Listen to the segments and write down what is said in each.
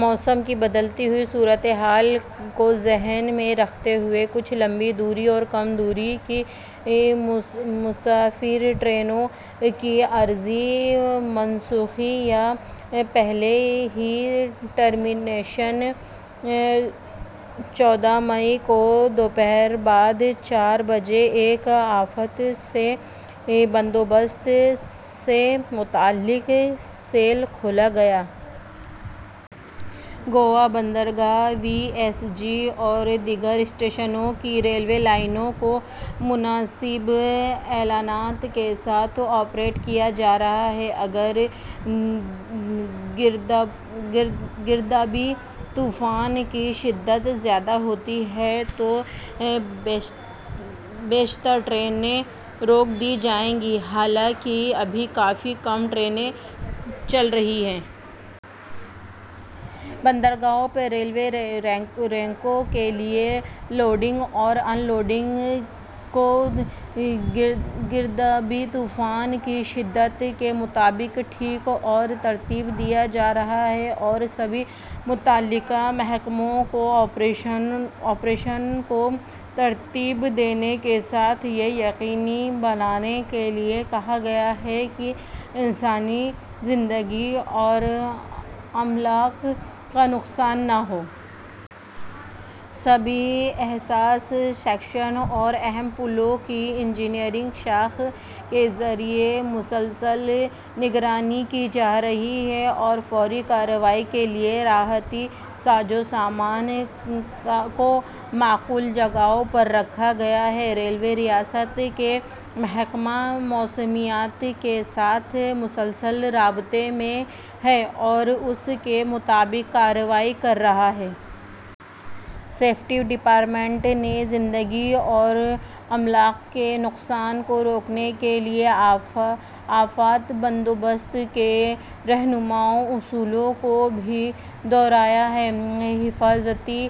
موسم کی بدلتی ہوئی صورتحال کو ذہن میں رکھتے ہوئے کچھ لمبی دوری اور کم دوری کی مسافر ٹرینوں کی عارضی منسوخی یا پہلے ہی ٹرمینیشن۔ چودہ مئی کو دوپہر بعد چار بجے ایک آفات کے بندوبست سے متعلق سیل کھولا گیا ہے۔ گوا بندرگاہ، وی ایس جی اور دیگر اسٹیشنوں کی ریلوے لائنوں کو مناسب اعلانات کے ساتھ آپریٹ کیا جا رہا ہے۔ اگر گردابی طوفان کی شدت زیادہ ہوتی ہے تو بیشتر ٹرینیں روک دی جائیں گی، حالانکہ ابھی کافی کم ٹرینیں چل رہی ہیں۔ بندرگاہوں پر ریلوے ریکوں کے لیے لوڈنگ اور ان لوڈنگ کو گردابی طوفان کی شدت کے مطابق ٹھیک اور ترتیب دیا جا رہا ہے اور سبھی متعلقہ محکموں کو آپریشن کو ترتیب دینے کے ساتھ یہ یقینی بنانے کے لیے کہا گیا ہے کہ انسانی زندگی اور املاک کا نقصان نہ ہو۔ سبھی حساس سیکشن اور اہم پلوں کی انجینئرنگ شاخ کے ذریعے مسلسل نگرانی کی جا رہی ہے اور فوری کارروائی کے لیے راحتی سازوسامان کو معقول جگہوں پر رکھا گیا ہے۔ ریلوے ریاست کے محکمہ موسمیات کے ساتھ مسلسل رابطے میں ہے اور اس کے مطابق کارروائی کر رہا ہے۔ سیفٹی ڈپارٹمنٹ نے زندگی اور املاک کے نقصان کو روکنے کے لیے آفات بندوبست کے رہنما اصول کو بھی دہرایا ہے۔ حفاظتی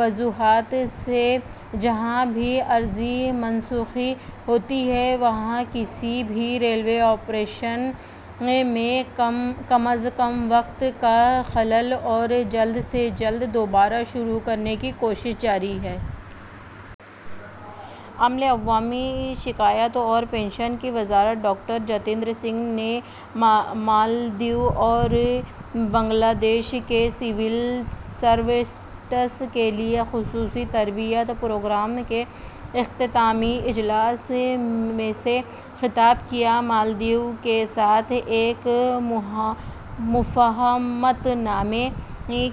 وجوہات سے جہاں بھی عارضی منسوخی ہوتی ہے، وہاں کسی بھی ریلوے آپریشن میں کم از کم وقت کا خلل اور جلد سے جلد دوبارہ شروع کرنے کی کوششیں جاری ہیں۔ عملے، عوامی شکایات اور پنشن کی وزارت ڈاکٹر جتیندر سنگھ نے مالدیپ اور بنگلہ دیش کے سول سروینٹس کے لیے خصوصی تربیتی پروگرام کے اختتامی اجلاس سے خطاب کیا۔ مالدیپ کے ساتھ ایک مفاہمت نامہ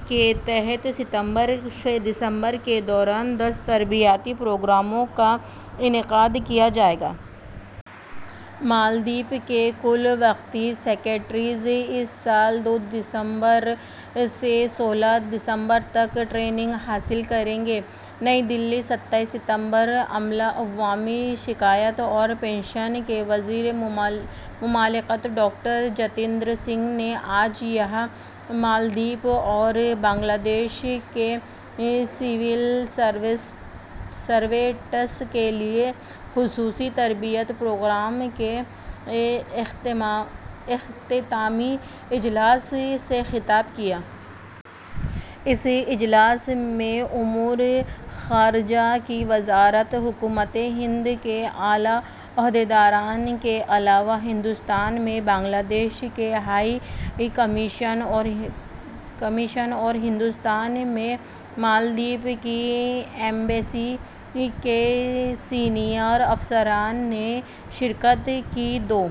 کے تحت ستمبر سے دسمبر کے دوران دس تربیتی پروگراموں کا انعقاد کیا جائے گا۔ مالدیپ کے کل وقتی سیکریٹریز اس سال دو دسمبر سے سولہ دسمبر تک ٹریننگ حاصل کریں گے۔ نئی دہلی، ستائیس ستمبر۔ عملہ، عوامی شکایات اور پنشن کے وزیر مملکت ڈاکٹر جتیندر سنگھ نے آج یہاں مالدیپ اور بنگلہ دیش کے سول سروینٹس کے لیے خصوصی تربیتی پروگرام کے اختتامی اجلاس سے خطاب کیا۔ اس اجلاس میں امور خارجہ کی وزارت، حکومت ہند کے اعلیٰ عہدیداران کے علاوہ ہندوستان میں بنگلہ دیش کے ہائی کمیشن اور ہندوستان میں مالدیپ کی ایمبیسی کے سینئر افسران نے شرکت کی۔ دو